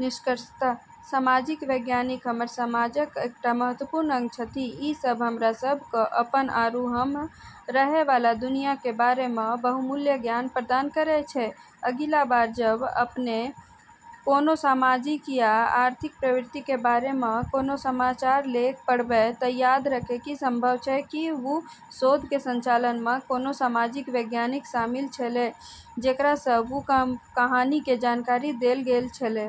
निष्कर्षतः सामाजिक वैज्ञानिक हमर समाजक एकटा महत्वपूर्ण अंग छथि। ई सब हमरा सब क॑ अपनऽ आरू हम्मं॑ रहै वाला दुनिया के बारे म॑ बहुमूल्य ज्ञान प्रदान करै छै। अगिला बार जब॑ आपने कोनो सामाजिक या आर्थिक प्रवृत्ति के बारे म॑ कोनो समाचार लेख पढ़बै त॑ याद रखै कि संभव छै कि वू शोध के संचालन म॑ कोनो सामाजिक वैज्ञानिक शामिल छेलै जेकरा स॑ वू कहानी के जानकारी देलऽ गेलऽ छेलै।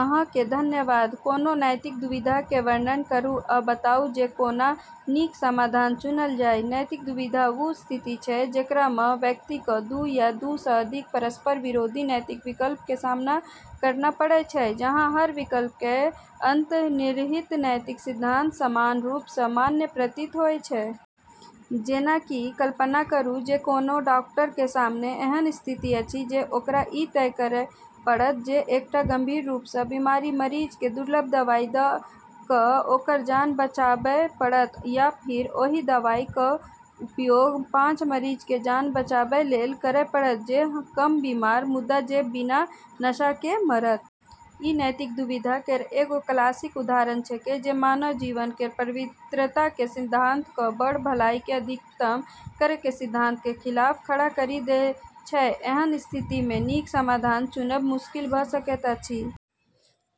अहां कें धन्यवाद. कोनो नैतिक दुविधा के वर्णन करू आ बताउ जे कोना नीक समाधान चुनल जाय। नैतिक दुविधा वू स्थिति छै, जेकरा म॑ व्यक्ति क॑ दू या दू स॑ अधिक परस्पर विरोधी नैतिक विकल्प के सामना करना पड़ै छै, जहाँ हर विकल्प के अंतर्निहित नैतिक सिद्धांत समान रूप स॑ मान्य प्रतीत होय छै। जेना कि कल्पना करू जे कोनो डॉक्टर के सामने एहन स्थिति अछि जे ओकरा ई तय करय पड़त जे एकटा गंभीर रूप सं बीमार मरीज के दुर्लभ दवाई द क ओकर जान बचाबय पड़त, या फेर ओहि दवाई के उपयोग पांच मरीज के जान बचाबय लेल करय पड़त जे कम बीमार मुदा जे बिना नशा के मरत। ई नैतिक दुविधा केरऽ एगो क्लासिक उदाहरण छेकै जे मानव जीवन केरऽ पवित्रता के सिद्धांत क॑ बड़ऽ भलाई के अधिकतम करै के सिद्धांत के खिलाफ खड़ा करी दै छै। एहन स्थिति मे नीक समाधान चुनब मुश्किल भ सकैत अछि।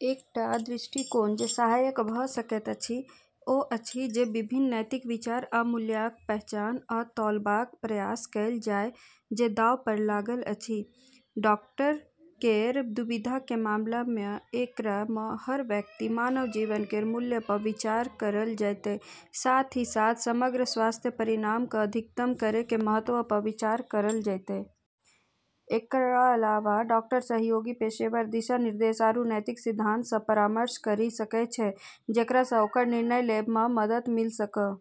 एकटा दृष्टिकोण जे सहायक भ सकैत अछि ओ अछि जे विभिन्न नैतिक विचार आ मूल्यक पहचान आ तौलबाक प्रयास कयल जाय जे दांव पर लागल अछि। डॉक्टर केरऽ दुविधा के मामला म॑ एकरा म॑ हर व्यक्तिगत मानव जीवन केरऽ मूल्य प॑ विचार करलऽ जैतै, साथ ही साथ समग्र स्वास्थ्य परिणाम क॑ अधिकतम करै के महत्व प॑ भी विचार करलऽ जैतै। एकरऽ अलावा, डॉक्टर सहयोगी, पेशेवर दिशा-निर्देश, आरू नैतिक सिद्धांतऽ स॑ परामर्श करी सकै छै जेकरा स॑ ओकरऽ निर्णय लेबै म॑ मदद मिल॑ सक॑।